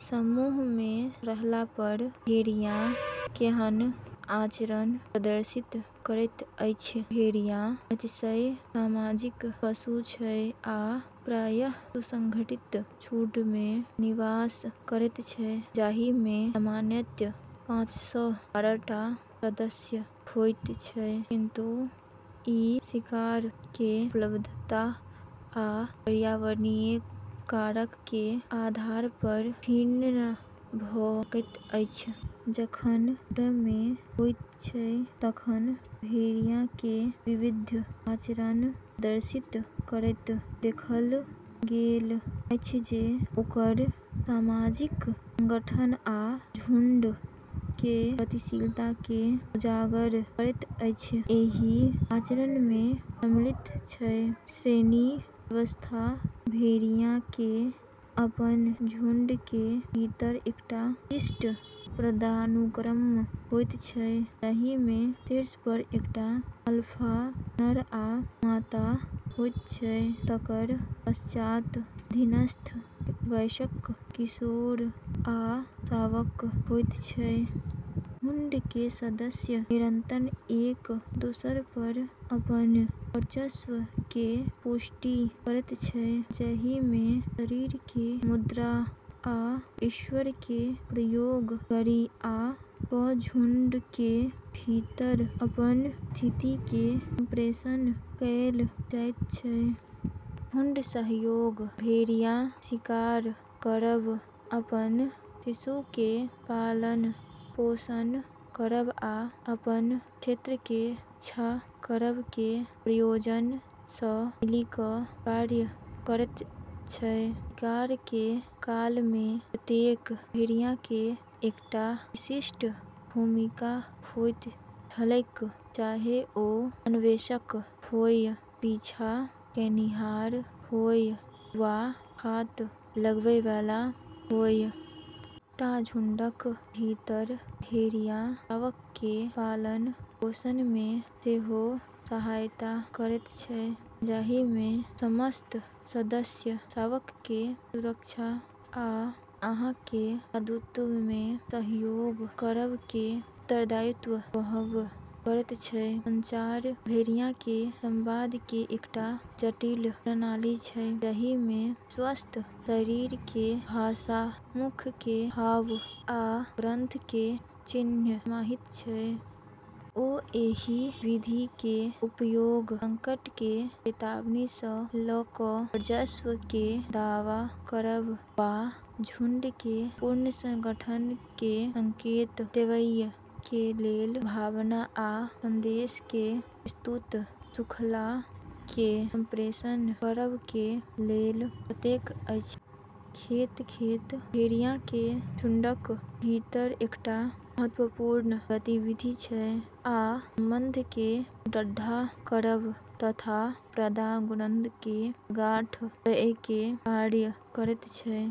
समूहमे रहलापर भेड़िया केहन आचरण प्रदर्शित करैत अछि? भेड़िया अतिशय सामाजिक पशु छै आ प्रायः सुसंगठित झुंडमे निवास करैत छै, जाहिमे सामान्यतः पाँचसँ बारह टा सदस्य होइत छै, किंतु ई शिकार के उपलब्धता आ पर्यावरणीय कारक के आधार पर भिन्न भऽ सकैत अछि। जखन झुंडमे होइत छै तखन भेड़िया के विविध आचरण प्रदर्शित करैत देखल गेल अछि जे ओकर सामाजिक संगठन आ झुंड के गतिशीलताकेँ उजागर करैत अछि। एहि आचरण में सम्मिलित छै: श्रेणी व्यवस्था:- भेड़िया के अपन झुंड के भीतर एकटा विशिष्ट पदानुक्रम होइत छै, जहि में शीर्ष पर एकटा अल्फा नर आ मादा होइत छै, तकर पश्चात अधीनस्थ वयस्क, किशोर, आ शावक होइत छै। झुंड के सदस्य निरंतर एक-दुसरे पर अपन वर्चस्व के पुष्टि करैत छै, जहि में शरीर के मुद्रा आ स्वर के प्रयोग करि कऽ झुंड के भीतर अपन स्थिति के संप्रेषण कएल जाइत छै। झुंड सहयोग: भेड़िया शिकार करब, अपन शिशु के पालन-पोषण करब, आ अपन क्षेत्र के रक्षा करब के प्रयोजन सँ मिलि कऽ कार्य करैत छै। शिकार के काल में प्रत्येक भेड़िया के एकटा विशिष्ट भूमिका होइत छैक, चाहे ओ अन्वेषक होय, पीछा कयनिहार होय, वा घात लगबयवला होय। एकटा झुंडक भीतर भेड़िया शावकके पालन-पोषणमे सेहो सहायता करैत छै, जाहिमे समस्त सदस्य शावकके सुरक्षा आ आहार प्रदातुत्वमे सहयोग करब के उत्तरदायित्व वहन करैत छै। संचार: भेड़िया के संवाद के एकटा जटिल प्रणाली छै जहि में स्वर, शरीर के भाषा, मुख के भाव, आ गंध के चिह्न समाहित छै। ओ एहि विधि के उपयोग संकट के चेतावनी सँ लऽ कऽ वर्चस्व के दावा करब वा झुंड के पुनर्संगठन के संकेत देबय के लेल, भावना आ संदेश के विस्तृत शृंखला के संप्रेषण करब के लेल करैत छै। खेल: खेल भेड़ियाके झुंडक भीतर एकटा महत्त्वपूर्ण गतिविधि छै आ संबंधकेँ सुदृढ़ करब तथा पदानुक्रमके प्रगाढ़ करयके कार्य करैत छै।